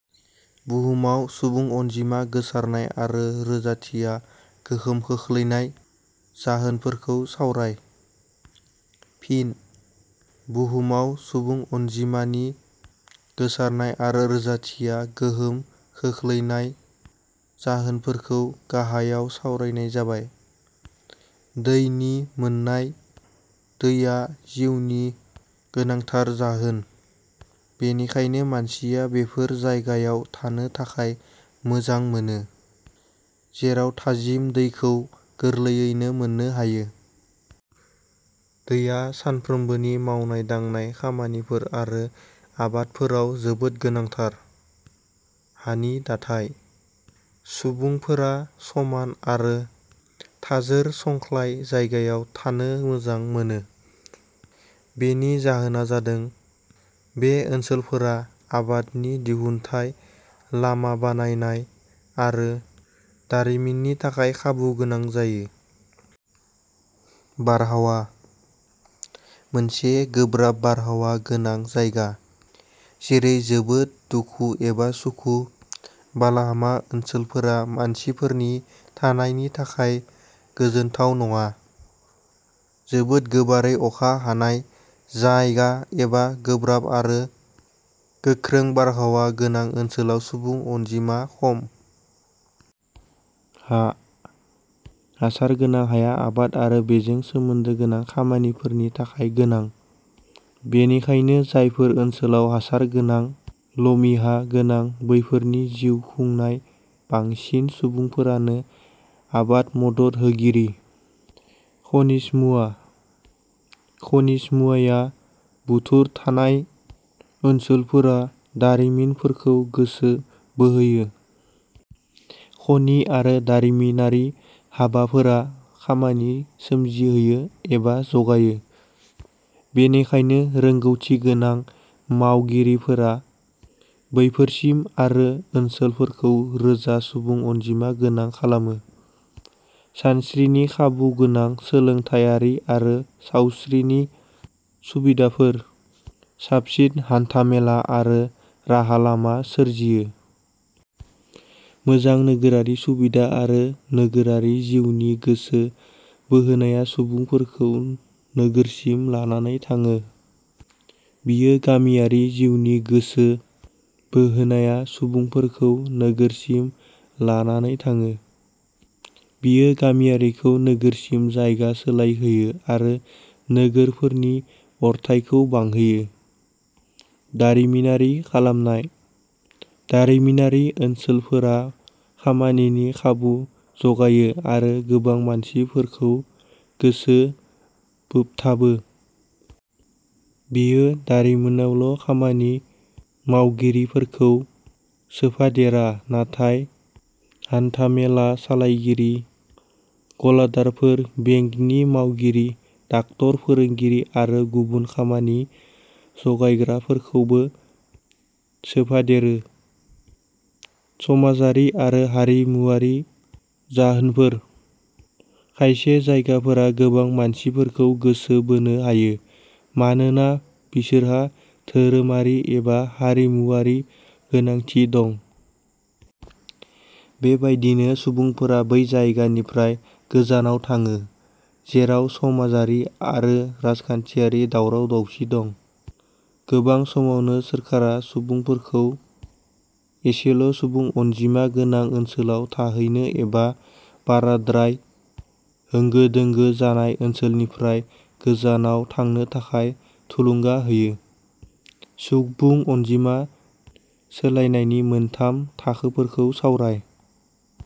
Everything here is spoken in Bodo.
बुहुमाव सुबुं अनजिमानि गोसारनाय आरो रोजाथियाव गोहोम खोख्लैनाय जाहोनफोरखौ सावराय। फिन: बुहुमआव सुबुं अनजिमानि गोसारनाय आरो रोजाथियाव गोहोम खोख्लैनाय जाहोनफोरखौ गाहायाव सावरायनाय जाबाय। दैनि मोननाय: दैआ जिउनि गोनांथार जाहोन। बेनिखायनो मानसिया बेफोर जायगायाव थानो थाखाय मोजां मोनो, जेराव थाजिम दैखौ गोरलैयैनो मोननो हायो। दैआ सानफ्रोमबोनि मावनाय-दांनाय खामानिफोर आरो आबादफोरआ जोबोद गोनांथार। हानि दाथाइ: सुबुंफोरा समान आरो थाजोर संख्लाय जायगायाव थानो मोजां मोनो। बेनि जाहोना जादों- बे ओनसोलफोरा आबादनि दिहुनथाइ, लामा बानायनाय आरो दारिमिननि थाखाय खाबु गोनां जायो। बारहावा: मोनसे गोब्राब बारहावा गोनां जायगा, जेरै- जोबोद गुदुं एबा गुसु, बालाहामा ओनसोलफोरा मानसिफोरनि थानायनि थाखाय गोजोनथाव नङा। जोबोर गोबारै अखा हानाय जायगा एबा गोब्राब आरो गोखों बारहावा गोनां ओनसोलाव सुबुं अनजिमा खम। हा: हासार गोनां हाया आबाद आरो बेजों सोमोन्दो गोनां खामानिफोरनि थाखाय गोनां। बेनिखायनो जायफोर ओनसोलाव हासार गोनां लमिहा गोनां बैफोरनि जिउ खुंनाय बांसिन सुबुंफोरानो आबाद मदद होगिरि। खनिज मुवा: खनिज मुवा थुबुर थानाय ओनसोलफोरा दारिमिनफोरखौ गोसो बोहोयो। खनि आरो दारिमिनारि हाबाफोरा खामानि सोमजिहोयो एबा जगायो। बेनिखायनो, रोंगौथि गोनां मावगिरिफोरा बैफोरसिम आरो ओनसोलफोरखौ रोजा सुबुं अनजिमा गोनां खालामो। सानस्रिनि खाबु गोनां, सोलोंथाइयारि आरो सावस्रिनि सुबिदाफोर, साबसिन हान्थामेला आरो राहा लामा सोरजियो। मोजां नोगोरारि सुबिदा आरो नोगोरारि जिउनि गोसो बोहोनाया सुबुंफोरखौ नोगोरसिम लानानै थाङो। बियो गामियारि जिउनि गोसो बोहोनाया सुबुंफोरखौ नोगोरसिम लानानै थाङो। बियो गामियारिखौ नोगोरसिम जायगा सोलाय होयो आरो नोगोरफोरनि अरथाइखौ बांहोयो। दारिमितगरि खालामनाय: दारिमिनारि ओनसोलफोरा खामानिनि खाबु जगायो आरो गोबां मानसिफोरखौ गोसो बोथाबो। बेयो दारिमिनावल' खामानि मावगिरि फोरखौ सोफादेरा नाथाय हान्थां मेला सालायगिरि, गलादारफोर, बेंकनि मावगिरि, डाक्टर, फोरोंगिरि आरो गुबुन खामानि जगायग्राफोरखौबो सोफादेरो। समाजारि आरो हारिमुआरि जाहोनफोर: खायसे जायगाफोरा गोबां मानसिफोरखौ गोसो बोनो हायो, मानोना बिसोरहा धोरोमारि एबा हारिमुआरि गोनांथि दं। बे बादिनो सुबुंफोरा बै जायगानिफ्राय गोजानाव थाङो, जेराव समाजारि आरो राजखान्थिआरि दावराव दावसि दं। गोबां समावनो सोरखारा सुबुंफोरखौ ऐसल' सुबुं अनजिमा गोनां ओनसोलाव थाहैनो एबा बाराद्राय होंगो-दोंगो जानाय ओनसोलनिफ्राय गोजानाव थांनो थाखाय थुलुंगा होयो।. सुबुं अनजिमा सोलायनायनि मोनथाम थाखोफोरखौ सावराय।